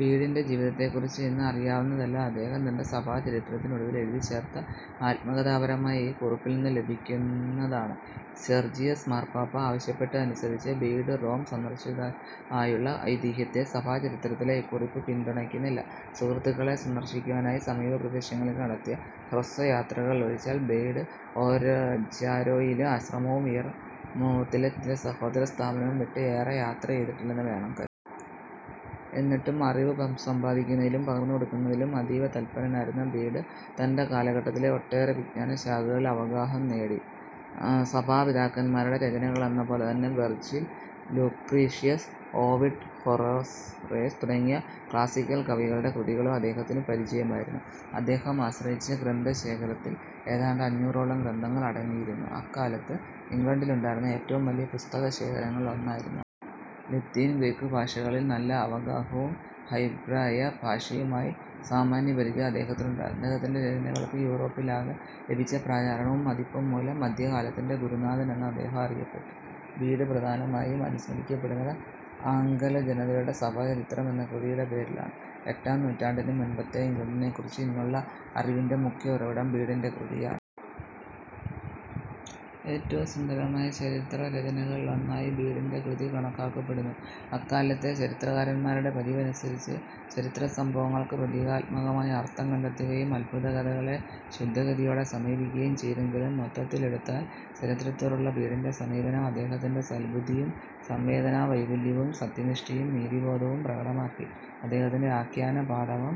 ബീഡിന്റെ ജീവിതത്തെക്കുറിച്ച് ഇന്ന് അറിയാവുന്നതെല്ലാം അദ്ദേഹം തന്റെ സഭാചരിത്രത്തിനൊടുവിൽ എഴുതിച്ചേർത്ത ആത്മകഥാപരമായ ഈ കുറിപ്പിൽ നിന്ന് ലഭിക്കുന്നതാണ്:- സെർജിയസ് മാർപ്പാപ്പ ആവശ്യപ്പെട്ടതനുസരിച്ച് ബീഡ് റോം സന്ദർശിച്ചതായുള്ള ഐതിഹ്യത്തെ സഭാചരിത്രത്തിലെ ഈ കുറിപ്പ് പിന്തുണയ്ക്കുന്നില്ല. സുഹൃത്തുക്കളെ സന്ദർശിക്കുവാനായി സമീപപ്രദേശങ്ങളിലേക്ക് നടത്തിയ ഹ്രസ്വയാത്രകളൊഴിച്ചാൽ ബീഡ് ജാരോയിലേയും ആശ്രമവും വിയർമൗത്തിലെ അതിന്റെ സഹോദരസ്ഥാപനവും വിട്ട് ഏറെ യാത്ര ചെയ്തിട്ടില്ലെന്നു വേണം കരുതാൻ. എന്നിട്ടും, അറിവ് സമ്പാദിക്കുന്നതിലും പകർന്നുകൊടുക്കുന്നതിലും അതീവതൽപരനായിരുന്ന ബീഡ് തന്റെ കാലഘട്ടത്തിലെ ഒട്ടേറെ വിജ്ഞാനശാഖകളിൽ അവഗാഹം നേടി. സഭാപിതാക്കാന്മാരുടെ രചനകളെന്നപോലെതന്നെ, വെർജിൽ, ലുക്രീഷ്യസ്, ഓവിഡ്, ഹൊറേസ് തുടങ്ങിയ ക്ലാസ്സിക്കൽ കവികളുടെ കൃതികളും അദ്ദേഹത്തിന് പരിചയമായിരുന്നു. അദ്ദേഹം ആശ്രയിച്ച ഗ്രന്ഥശേഖരത്തിൽ ഏതാണ്ട് അഞ്ഞൂറോളം ഗ്രന്ഥങ്ങൾ അടങ്ങിയിരുന്നു. അക്കാലത്ത് ഇംഗ്ലണ്ടിലുണ്ടായിരുന്ന ഏറ്റവും വലിയ പുസ്തകശേഖരങ്ങളിൽ ഒന്നായിരുന്നു അത്. ലത്തീൻ, ഗ്രീക്ക് ഭാഷകളിൽ നല്ല അവഗാഹവും ഹെബ്രായ ഭാഷയുമായി സാമാന്യപരിചയവും അദ്ദേഹത്തിനുണ്ടായിരുന്നു. അദ്ദേഹത്തിന്റെ രചനകൾക്ക് യൂറോപ്പിലാകെ ലഭിച്ച പ്രചാരവും മതിപ്പും മൂലം മദ്ധ്യകാലത്തിന്റെ ഗുരുനാഥൻ എന്ന് അദ്ദേഹം അറിയപ്പെട്ടു.. ബീഡ് പ്രധാനമായും അനുസ്മരിക്കപ്പെടുന്നത് ആംഗലജനതയുടെ സഭാചരിത്രം എന്ന കൃതിയുടെ പേരിലാണ്. എട്ടാം നൂറ്റാണ്ടിന് മുൻപത്തെ ഇംഗ്ലണ്ടിനെക്കുറിച്ച് ഇന്നുള്ള അറിവിന്റെ മുഖ്യ ഉറവിടം ബീഡിന്റെ കൃതിയാണ്. ഏറ്റവും സുന്ദരമായ ചരിത്രരചനകളിലൊന്നായി ബീഡിന്റെ കൃതി കണക്കാക്കപ്പെടുന്നു. അക്കാലത്തെ ചരിത്രകാരന്മാരുടെ പതിവനുസരിച്ച് ചരിത്രസംഭവങ്ങൾക്ക് പ്രതീകാത്മകമായ അർത്ഥം കണ്ടെത്തുകയും, അത്ഭുതകഥകളെ ശുദ്ധഗതിയോടെ സമീപിക്കുകയും ചെയ്തെങ്കിലും മൊത്തത്തിലെടുത്താൽ ചരിത്രത്തോടുള്ള ബീഡിന്റെ സമീപനം അദ്ദേഹത്തിന്റെ സൽബുദ്ധിയും, സംവേദനാവൈപുല്യവും, സത്യനിഷ്ഠയും, നീതിബോധവും പ്രകടമാക്കി.. അദ്ദേഹത്തിന്റെ ആഖ്യാനപാടവം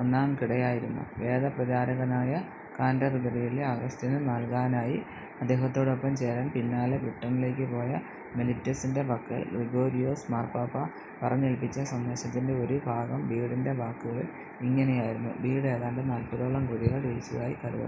ഒന്നാംകിടയായിരുന്നു. വേദപ്രചാരകനായ കാന്റർബറിയിലെ അഗസ്റ്റിന് നൽകാനായി, അദ്ദേഹത്തോടൊപ്പം ചേരാൻ പിന്നാലെ ബ്രിട്ടണിലേക്ക് പോയ മെലിറ്റസിന്റെ പക്കൽ ഗ്രിഗോരിയോസ് മാർപ്പാപ്പ പറഞ്ഞേല്പ്പിച്ച സന്ദേശത്തിന്റെ ഒരുഭാഗം ബീഡിന്റെ വാക്കുകളിൽ ഇങ്ങനെയായിരുന്നു:- ബീഡ് ഏതാണ്ട് നാല്പതോളം കൃതികൾ രചിച്ചതായി കരുതപ്പെടുന്നു.